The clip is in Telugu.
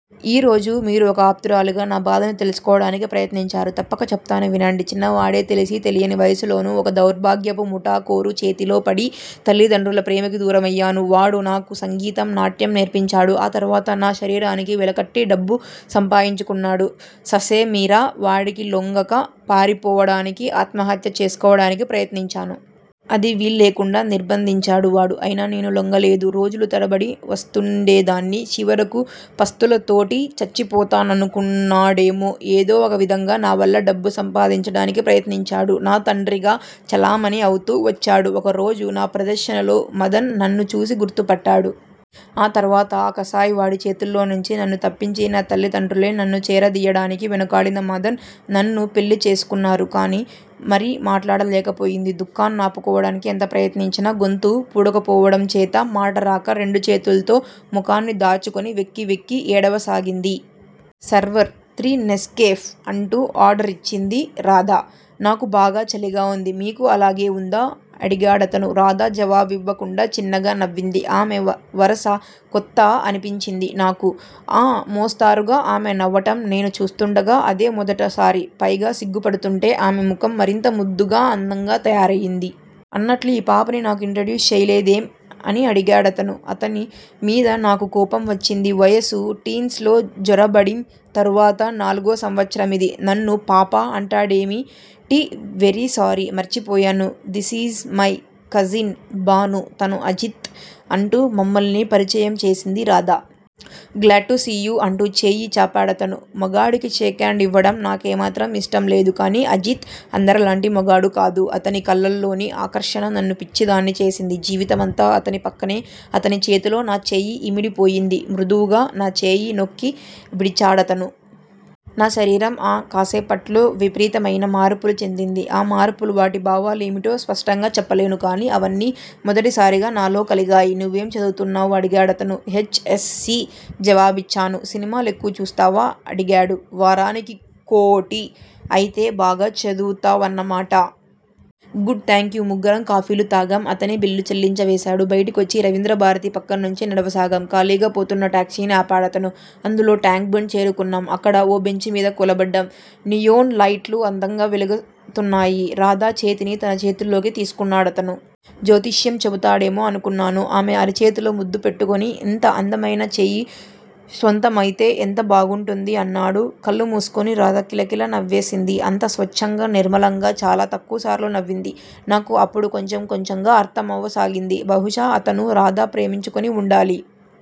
ఈ రోజు మీరు ఒక ఆప్తురాలిగా, నా బాధని తెలుసుకోవడానికి ప్రయత్నించారు. తప్పక చెప్తాను వినండి. చిన్ననాడే తెలిసీ తెలియని వయస్సులోనే ఒక దౌర్భాగ్యపు ముఠాకోరు చేతిలో పడి, తల్లిదండ్రుల ప్రేమకి దూరమయ్యాను. వాడు నాకు సంగీతం, నాట్యం నేర్పించాడు. ఆ తరువాత నా శరీరానికి వెలకట్టి డబ్బు సంపాదించాలనుకున్నాడు ససేమిరా వాడికి లొంగక పారిపోవడానికీ, ఆత్మహత్య చేసుకోవడానికీ ప్రయత్నించాను. అదీ వీల్లేకుండా నిర్భందించాడు వాడు. అయినా నేను లొంగలేదు. రోజుల తరబడి పస్తుండేదాన్ని చివరికి పస్తులతోటే చచ్చిపోతాననుకున్నాడేమో ఏదో ఒక విధంగా నావల్ల డబ్బు సంపాదించడానికి ప్రయత్నించాడు. నా తండ్రిగా చలామణి అవుతూ వచ్చాడు. ఒకరోజున నా ప్రదర్శనలో, మధన్ నన్ను చూసి గుర్తు పట్టాడు. ఆ తరువాత, ఆ కసాయివాడి చేతుల్లోంచి నన్ను తప్పించి, నా తల్లిదండ్రులే నన్ను చేరదియ్యడానికి వెనకాడినా, మధన్ నన్ను పెళ్ళి చేసుకున్నారు కానీ కానీ మరి మాట్లాడలేకపోయింది దుఃఖాన్నాపు కోవడానికి ఎంత ప్రయత్నించినా, గొంతు పూడుకుపోవడంచేత, మాటరాక, రెండు చేతుల్తో మొహాన్ని దాచుకుని వెక్కి వెక్కి ఏడవసాగింది. సర్వర్! Three Nescafe! అంటూ ఆర్డరిచ్చింది రాధ. నాకు బాగా చలిగా ఉంది. మీకూ అలాగే ఉందా? అడిగాడతను. రాధ జవాబివ్వకుండా చిన్నగా నవ్వింది. ఆమె వరస కొత్త అనిపించింది నాకు. ఆ మోస్తారుగా ఆమె నవ్వటం నేను చూస్తూండగా అదే మొదటిసారి. పైగా సిగ్గుపడుతూంటే ఆమె ముఖం మరింత ముద్దుగా అందంగా తయారయింది. అన్నట్లు, ఈ పాపని నాకు ఇంట్రడ్యూస్ చెయ్యలేదేం? అడిగాడతను. అతని మీద నాకు కోపం వచ్చింది. వయస్సు 'టీన్స్' లో జొరబడిం తర్వాత నాలుగో సంవత్సరమిది. నన్ను 'పాప' అంటాడేమిటి? Very sorry! మర్చిపోయాను. దిసీజ్ మై కజిన్, భాను అతను అజిత్! అంటూ మమ్మల్ని పరిచయం చేసింది రాధ. Glad to see you! అంటూ చేయి చాపాడతను. మగాడికి షేక్ హాండ్ ఇవ్వటం నాకేమాత్రం ఇష్టం లేదు. కాని, అజిత్ అందరిలాంటి మగాడు కాదు. అతని కళ్ళలోని ఆకర్షణ నన్ను పిచ్చిదాన్ని చేసింది. జీవితమంతా అతని పక్కనే అతని చేతిలో నా చేయి ఇమిడిపోయింది. మృదువుగా నా చేయి నొక్కి విడిచాడతను. నా శరీరం ఆ కాసేపట్లో, విపరీతమయిన మార్పులు చెందింది. ఆ మార్పులు, వాటి భావాలు ఏమిటో స్పష్టంగా చెప్పలేను. కాని, అవన్నీ మొదటిసారిగా నాలో కలిగాయి. నువ్వేం చదువుతున్నావ్? అడిగాడతను. హెచ్. ఎస్. సి. జవాబిచ్చాను. సినిమా లెక్కువ చూస్తావా? అడిగాడు. వారాని కోటి! అయితే, బాగా చదువుతా వన్నమాట! గుడ్! థాంక్యూ! ముగ్గురం కాపీలు తాగాం. అతనే బిల్లు చెల్లించివేశాడు. బయటికొచ్చి రవీంద్రభారతి పక్క నుంచి నడవసాగాం. ఖాళీగా పోతున్న టాక్సీని ఆపాడతను. అందులో టాంక్ బండ్ చేరుకున్నాం. అక్కడ ఓ బెంచీమీద కూలబడ్డాం. నియోన్ లైట్లు అందంగా వెలుగుతున్నాయి. రాధ చేతిని తన చేతుల్లోకి తీసుకొన్నాడతను. జ్యోతిష్యం చెబుతాడేమో అనుకొన్నాను. ఆమె అరచేతిలో ముద్దు పెట్టుకొని, ఇంత అందమయిన చెయ్యి స్వంతమయితే ఎంత బావుంటుందీ! అన్నాడు కళ్ళు మూసుకొని. రాధ కిలకిల నవ్వేసింది. అంత స్వచ్ఛంగా, నిర్మలంగా చాలా తక్కువసార్లు నవ్వింది. నాకు అప్పుడు కొంచెం కొంచెంగా అర్థమవసాగింది. బహుశా అతనూ, రాధా ప్రేమించుకొని ఉండాలి.